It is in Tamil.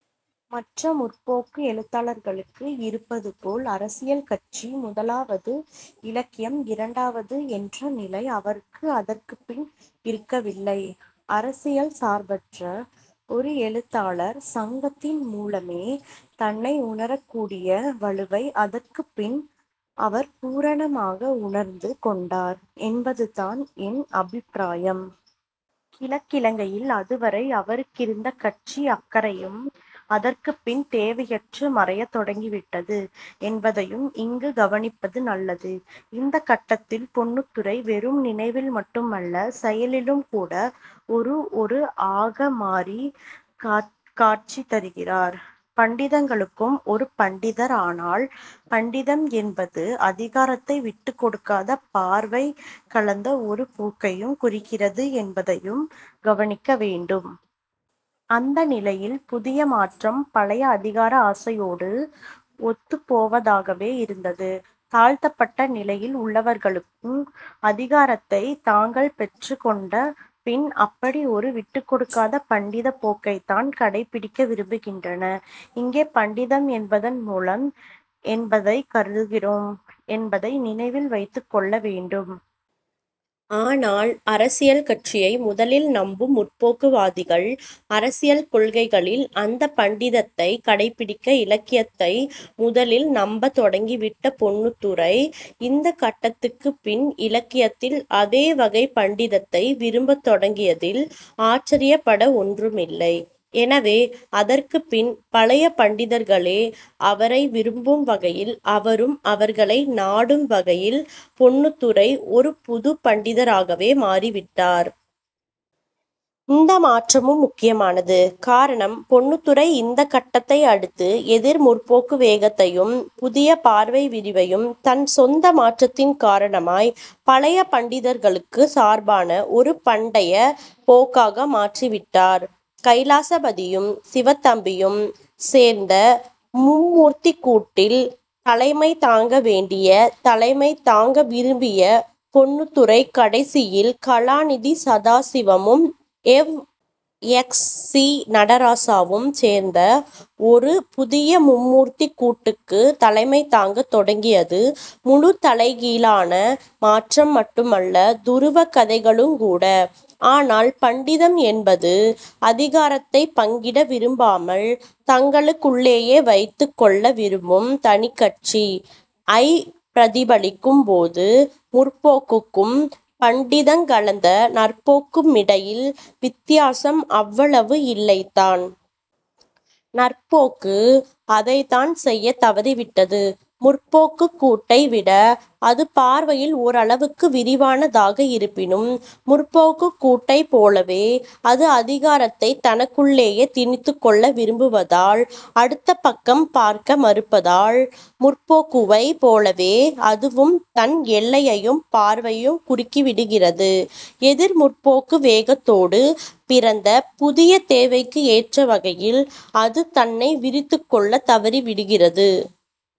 மற்ற 'முற்போக்கு' எழுத்தாளர்களுக்கு இருப்பதுபோல் அரசியல் கட்சி முதலாவது, இலக்கியம் இரண்டாவது என்ற நிலை அவருக்கு அதற்குப் பின் இருக்கவில்லை. அரசியல் சார்பற்ற ஒரு எழுத்தாளர் சங்கத்தின் மூலமே தன்னை உணரக்கூடிய வலுவை அதற்குப் பின் அவர் பூரணமாக உணர்ந்து கொண்டார் என்பதுதான் என் அபிப்பிராயம். கிழக்கிழங்கையில் அதுவரை அவருக்கிருந்த கட்சி அக்கறையும் அதற்குப் பின் தேவையற்று மறையத் தொடங்கிவிட்டது என்பதையும் இங்கு கவனிப்பது நல்லது. இந்தக் கட்டத்தில் பொன்னுத்துரை வெறும் நினைவில் மட்டும் அல்ல செயலிலும்கூட ஒரு ஒரு ஆக மாறிக் காட்சி தருகிறார். பண்டிதங்களுக்கும் ஒரு பண்டிதர். ஆனால் பண்டிதம் என்பது அதிகாரத்தை விட்டுக் கொடுக்காத பார்வை கலந்த ஒரு போக்கையும் குறிக்கிறது என்பதையும் கவனிக்க வேண்டும். அந்த நிலையில் புதிய மாற்றம் பழைய அதிகார ஆசையோடு ஒத்துப்போவதாகவே இருந்தது. தாழ்த்தப்பட்ட நிலையில் உள்ளவர்களும் அதிகாரத்தைத் தாங்கள் பெற்றக் கொண்ட பின் அப்படி ஒரு விட்டுக்கொடுக்காத பண்டிதப் போக்கைத்தான் கடைப்பிடிக்க விரும்புகின்றனர். இங்கே பண்டிதம் என்பதன் மூலம் என்பதைக் கருதுகிறோம் என்பதை நினைவில் வைத்துக் கொள்ள வேண்டும். ஆனால் அரசியல் கட்சியை முதலில் நம்பும் 'முற்போக்கு'வாதிகள் அரசியல் கொள்கைகளில் அந்தப் பண்டிதத்தைக் கடைப்பிடிக்க, இலக்கியத்தை முதலில் நம்பத் தொடங்கிவிட்ட பொன்னுத்துரை இந்த கட்டத்துக்குப் பின் இலக்கியத்தில் அதே வகைப் பண்டிதத்தை விரும்பத் தொடங்கியதில் ஆச்சரியப்பட ஒன்றுமில்லை. எனவே, அதற்குப் பின் பழைய பண்டிதர்களே அவரை விரும்பும் வகையில், அவரும் அவர்களை நாடும் வகையில் பொன்னுத்துரை ஒரு புதுப் பண்டிதராகவே மாறிவிட்டார். இந்த மாற்றம் முக்கியமானது. காரணம், பொன்னுத்துரை இந்தக் கட்டத்தை அடுத்து 'எதிர் முற்போக்கு' வேகத்தையும் புதிய பார்வை விரிவையும், தன் சொந்த மாற்றத்தின் காரணமாய் பழைய பண்டிதர்களுக்குச் சார்பான ஒரு பண்டைய போக்காக மாற்றிவிட்டார். கைலாசபதியும் சிவத்தம்பியும் சேர்ந்த மும்மூர்த்திக்கூட்டில் தலைமை தாங்க வேண்டிய, தலைமை தாங்க விரும்பிய பொன்னுத்துரை கடைசியில் கலாநிதி சதாசிவமும், எவ். எக்ஸ். சி. நடராசாவும் சேர்ந்த ஒரு புதிய மும்மூர்த்திக் கூட்டுக்குத் தலைமை தாங்கத் தொடங்கியது முழுத் தலைகீழான மாற்றம் மட்டுமல்ல துருவக் கதைகளுங்கூட. ஆனால் பண்டிதம் என்பது அதிகாரத்தைப் பங்கிட விரும்பாமல் தங்களுக்குள்ளேயே வைத்துக் கொள்ள விரும்பும் தனிக் கட்சி. ஐ பிரதிபலிக்கும்போது முற்போக்குக்கும் பண்டிதங் கலந்த 'நற்போக்கு' மிடையில் வித்தியாசம் அவ்வளவு இல்லைத்தான். 'நற்போக்கு' அதைத்தான் செய்யத் தவறிவிட்டது. 'முற்போக்கு'க் கூட்டை விட அது பார்வையில் ஓரளவுக்கு விரிவானதாக இருப்பினும் 'முற்போக்கு'க் கூட்டைப் போலவே அது அதிகாரத்தைத் தனக்குள்ளேயே திணித்துக்கொள்ள விரும்புவதால் அடுத்த பக்கம் பார்க்க மறுப்பதால் முற்போக்குவைப் போலவே அதுவும் தன் எல்லையையும் பார்வையையும் குறுக்கிவிடுகிறது. எதிர் 'முற்போக்கு' வேகத்தோடு பிறந்த புதிய தேவைக்கு ஏற்ற வகையில் அது தன்னை விரித்துக்கொள்ளத் தவறிவிடுகிறது.